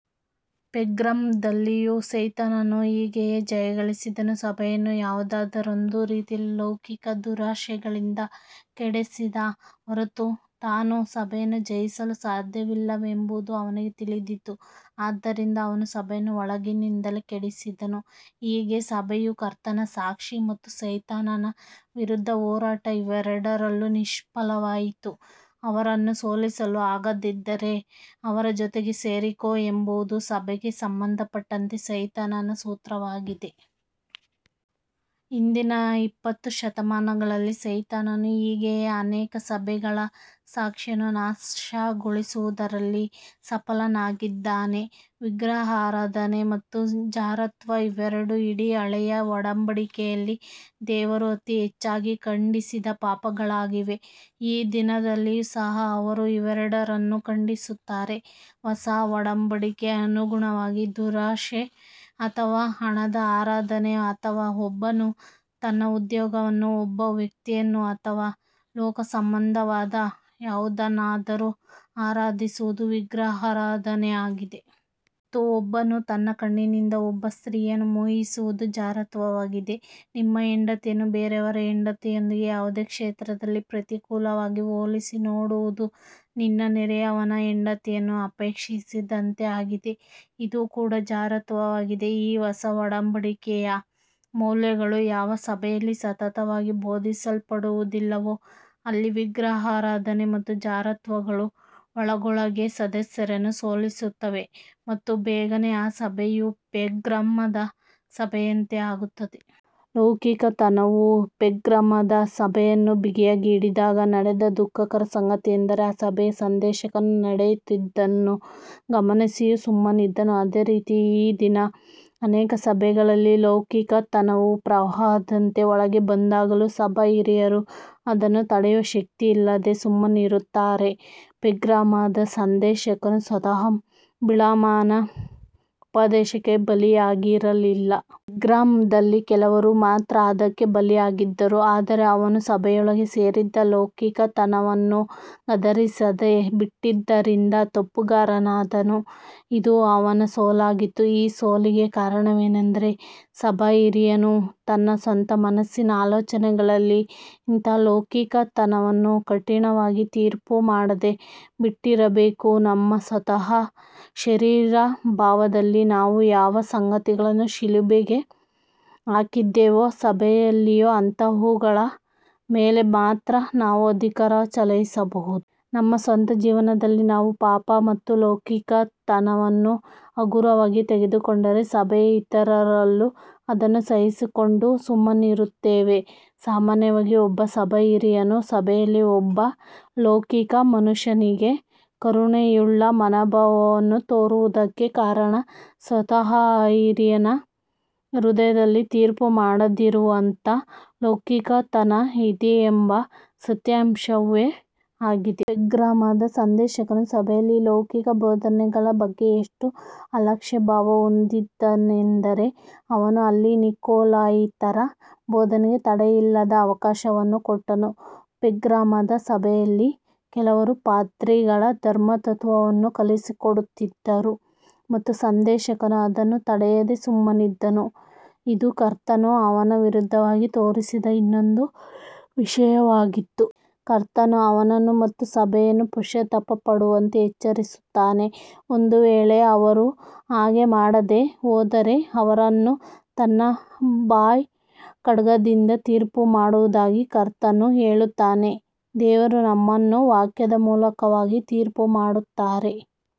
ಪೆರ್ಗಮದಲ್ಲಿಯೂ ಸೈತಾನನು ಹೀಗೆಯೇ ಜಯಗಳಿಸಿದನು. ಸಭೆಯನ್ನು ಯಾವುದಾದರೊಂದು ರೀತಿಯಲ್ಲಿ ಲೌಕಿಕ ದುರಾಶೆಗಳಿಂದ ಕೆಡಿಸದ ಹೊರತು, ತಾನು ಸಭೆಯನ್ನು ಜಯಿಸಲು ಸಾಧ್ಯವಿಲ್ಲವೆಂಬುದು ಅವನಿಗೆ ತಿಳಿದಿತ್ತು. ಆದ್ದರಿಂದ ಅವನು ಸಭೆಯನ್ನು ಒಳಗಿನಿಂದಲೇ ಕೆಡಿಸಿದನು. ಹೀಗೆ ಸಭೆಯು ಕರ್ತನ ಸಾಕ್ಷಿ ಮತ್ತು ಸೈತಾನನ ವಿರುದ್ಧ ಹೋರಾಟ, ಇವೆರಡರಲ್ಲೂ ನಿಷ್ಫಲವಾಯಿತು. "ಅವರನ್ನು ಸೋಲಿಸಲು ಆಗದಿದ್ದರೆ, ಅವರ ಜೊತೆಗೆ ಸೇರಿಕೋ," ಎಂಬುದು ಸಭೆಗೆ ಸಂಬಂಧಪಟ್ಟಂತೆ ಸೈತಾನನ ಸೂತ್ರವಾಗಿದೆ. ಹಿಂದಿನ ಇಪ್ಪತ್ತು ಶತಮಾನಗಳಲ್ಲಿ, ಸೈತಾನನು ಹೀಗೆಯೇ ಅನೇಕ ಸಭೆಗಳ ಸಾಕ್ಷಿಯನ್ನು ನಾಶಗೊಳಿಸುವುದರಲ್ಲಿ ಸಫಲನಾಗಿದ್ದಾನೆ. ವಿಗ್ರಹಾರಾಧನೆ ಮತ್ತು ಜಾರತ್ವ ಇವೆರಡು, ಇಡೀ ಹಳೆಯ ಒಡಂಬಡಿಕೆಯಲ್ಲಿ ದೇವರು ಅತಿ ಹೆಚ್ಚಾಗಿ ಖಂಡಿಸಿದ ಪಾಪಗಳಾಗಿವೆ. ಈ ದಿನದಲ್ಲಿಯೂ ಸಹ ಅವರು ಇವೆರಡನ್ನು ಖಂಡಿಸುತ್ತಾರೆ. ಹೊಸ ಒಡಂಬಡಿಕೆಗೆ ಅನುಗುಣವಾಗಿ, ದುರಾಶೆ, ಅಥವಾ ಹಣದ ಆರಾಧನೆ, ಅಥವಾ ಒಬ್ಬನು ತನ್ನ ಉದ್ಯೋಗವನ್ನು, ಒಬ್ಬ ವ್ಯಕ್ತಿಯನ್ನು ಅಥವಾ ಲೋಕ ಸಂಬಂಧವಾದ ಯಾವುದನ್ನಾದರೂ ಆರಾಧಿಸುವುದು ವಿಗ್ರಹಾರಾಧನೆಯಾಗಿದೆ. ಮತ್ತು ಒಬ್ಬನು ತನ್ನ ಕಣ್ಣಿನಿಂದ ಒಬ್ಬ ಸ್ತ್ರೀಯನ್ನು ಮೋಹಿಸುವುದು ಜಾರತ್ವವಾಗಿದೆ. ನಿಮ್ಮ ಹೆಂಡತಿಯನ್ನು ಬೇರೆಯವರ ಹೆಂಡತಿಯೊಂದಿಗೆ ಯಾವುದೇ ಕ್ಷೇತ್ರದಲ್ಲಿ ಪ್ರತಿಕೂಲವಾಗಿ ಹೋಲಿಸಿ ನೋಡುವುದು, "ನಿನ್ನ ನೆರೆಯವನ ಹೆಂಡತಿಯನ್ನು ಅಪೇಕ್ಷಿಸಿದಂತೆ" ಆಗಿದೆ. ಇದು ಕೂಡ ಜಾರತ್ವವಾಗಿದೆ. ಈ ಹೊಸ ಒಡಂಬಡಿಕೆಯ ಮೌಲ್ಯಗಳು ಯಾವ ಸಭೆಯಲ್ಲಿ ಸತತವಾಗಿ ಬೋಧಿಸಲ್ಪಡುವುದಿಲ್ಲವೋ, ಅಲ್ಲಿ ವಿಗ್ರಹಾರಾಧನೆ ಮತ್ತು ಜಾರತ್ವಗಳು ಒಳಗೊಳಗೇ ಸದಸ್ಯರನ್ನು ಸೋಲಿಸುತ್ತವೆ ಮತ್ತು ಬೇಗನೆ ಆ ಸಭೆಯು ಪೆರ್ಗಮದ ಸಭೆಯಂತೆ ಆಗುತ್ತದೆ. ಲೌಕಿಕತನವು ಪೆರ್ಗಮದ ಸಭೆಯನ್ನು ಬಿಗಿಯಾಗಿ ಹಿಡಿದಾಗ ನಡೆದ ದುಃಖಕರ ಸಂಗತಿಯೆಂದರೆ, ಆ ಸಭೆಯ ಸಂದೇಶಕನು ನಡೆಯುತ್ತಿದ್ದುದನ್ನು ಗಮನಿಸಿಯೂ ಸುಮ್ಮನಿದ್ದನು. ಅದೇ ರೀತಿ ಈ ದಿನ ಅನೇಕ ಸಭೆಗಳಲ್ಲಿ, ಲೌಕಿಕತನವು ಪ್ರವಾಹದಂತೆ ಒಳಗೆ ಬಂದಾಗಲೂ, ಸಭಾ ಹಿರಿಯರು ಅದನ್ನು ತಡೆಯುವ ಶಕ್ತಿಯಿಲ್ಲದೆ ಸುಮ್ಮನಿರುತ್ತಾರೆ. ಪೆರ್ಗಮದ ಸಂದೇಶಕನು ಸ್ವತಃ ಬಿಳಾಮನ ಉಪದೇಶಕ್ಕೆ ಬಲಿಯಾಗಿರಲಿಲ್ಲ. ಪೆರ್ಗಮದಲ್ಲಿ "ಕೆಲವರು" ಮಾತ್ರ ಅದಕ್ಕೆ ಬಲಿಯಾಗಿದ್ದರು. ಆದರೆ ಅವನು ಸಭೆಯೊಳಗೆ ಸೇರಿದ್ದ ಲೌಕಿಕತನವನ್ನು ಗದರಿಸದೇ ಬಿಟ್ಟದ್ದರಿಂದ ತಪ್ಪುಗಾರನಾದನು. ಇದು ಅವನ ಸೋಲಾಗಿತ್ತು. ಈ ಸೋಲಿಗೆ ಕಾರಣವೇನೆಂದರೆ, ಸಭಾಹಿರಿಯನು ತನ್ನ ಸ್ವಂತ ಮನಸ್ಸಿನ ಅಲೋಚನೆಗಳಲ್ಲಿ ಇಂತಹ ಲೌಕಿಕತನವನ್ನು ಕಠಿಣವಾಗಿ ತೀರ್ಪು ಮಾಡದೇ ಬಿಟ್ಟಿರಬೇಕು. ನಮ್ಮ ಸ್ವಂತ ಶರೀರಭಾವದಲ್ಲಿ ನಾವು ಯಾವ ಸಂಗತಿಗಳನ್ನು ಶಿಲುಬೆಗೆ ಹಾಕಿದ್ದೇವೋ, ಸಭೆಯಲ್ಲಿಯೂ ಅಂಥವುಗಳ ಮೇಲೆ ಮಾತ್ರ ನಾವು ಅಧಿಕಾರವನ್ನು ಚಲಾಯಿಸಬಹುದು. ನಮ್ಮ ಸ್ವಂತ ಜೀವನದಲ್ಲಿ ನಾವು ಪಾಪ ಮತ್ತು ಲೌಕಿಕತನವನ್ನು ಹಗುರವಾಗಿ ತೆಗೆದುಕೊಂಡರೆ, ಸಭೆಯ ಇತರರಲ್ಲೂ ಅದನ್ನು ಸಹಿಸಿಕೊಂಡು ಸುಮ್ಮನಿರುತ್ತೇವೆ. ಸಾಮಾನ್ಯವಾಗಿ ಒಬ್ಬ ಸಭಾ ಹಿರಿಯನು ಸಭೆಯಲ್ಲಿ ಒಬ್ಬ ಲೌಕಿಕ ಮನುಷ್ಯನಿಗೆ "ಕರುಣೆಯುಳ್ಳ" ಮನೋಭಾವವನ್ನು ತೋರುವುದಕ್ಕೆ ಕಾರಣ, ಸ್ವತಃ ಆ ಹಿರಿಯನ ಹೃದಯದಲ್ಲಿ ತೀರ್ಪು ಮಾಡದಿರುವಂತ ಲೌಕಿಕತನ ಇದೆಯೆಂಬ ಸತ್ಯಾಂಶವೇ ಆಗಿದೆ. ಪೆರ್ಗಮದ ಸಂದೇಶಕನು ಸಭೆಯಲ್ಲಿ ಲೌಕಿಕ ಬೋಧನೆಗಳ ಬಗ್ಗೆ ಎಷ್ಟು ಅಲಕ್ಷ್ಯಭಾವ ಹೊಂದಿದ್ದನೆಂದರೆ, ಅವನು ಅಲ್ಲಿ ನಿಕೊಲಾಯಿತರ ಬೋಧನೆಗೆ ತಡೆಯಿಲ್ಲದ ಅವಕಾಶವನ್ನು ಕೊಟ್ಟನು. ಪೆರ್ಗಮದ ಸಭೆಯಲ್ಲಿ ಕೆಲವರು ಪಾದ್ರಿಗಳ ಧರ್ಮತತ್ವವನ್ನು ಕಲಿಸಿಕೊಡುತ್ತಿದ್ದರು! ಮತ್ತು ಸಂದೇಶಕನು ಅದನ್ನು ತಡೆಯದೇ ಸುಮ್ಮನಿದ್ದನು. ಇದು ಕರ್ತನು ಅವನ ವಿರುದ್ಧವಾಗಿ ತೋರಿಸಿದ ಇನ್ನೊಂದು ವಿಷಯವಾಗಿತ್ತು. ಕರ್ತನು ಅವನನ್ನು ಮತ್ತು ಸಭೆಯನ್ನು ಪಶ್ಚಾತ್ತಾಪ ಪಡುವಂತೆ ಎಚ್ಚರಿಸುತ್ತಾನೆ. ಒಂದು ವೇಳೆ ಅವರು ಹಾಗೆ ಮಾಡದೇ ಹೋದರೆ, ಅವರನ್ನು ತನ್ನ ಬಾಯ ಖಡ್ಗದಿಂದ ತೀರ್ಪು ಮಾಡುವುದಾಗಿ ಕರ್ತನು ಹೇಳುತ್ತಾನೆ. ದೇವರು ನಮ್ಮನ್ನು ವಾಕ್ಯದ ಮೂಲಕವಾಗಿ ತೀರ್ಪು ಮಾಡುತ್ತಾರೆ.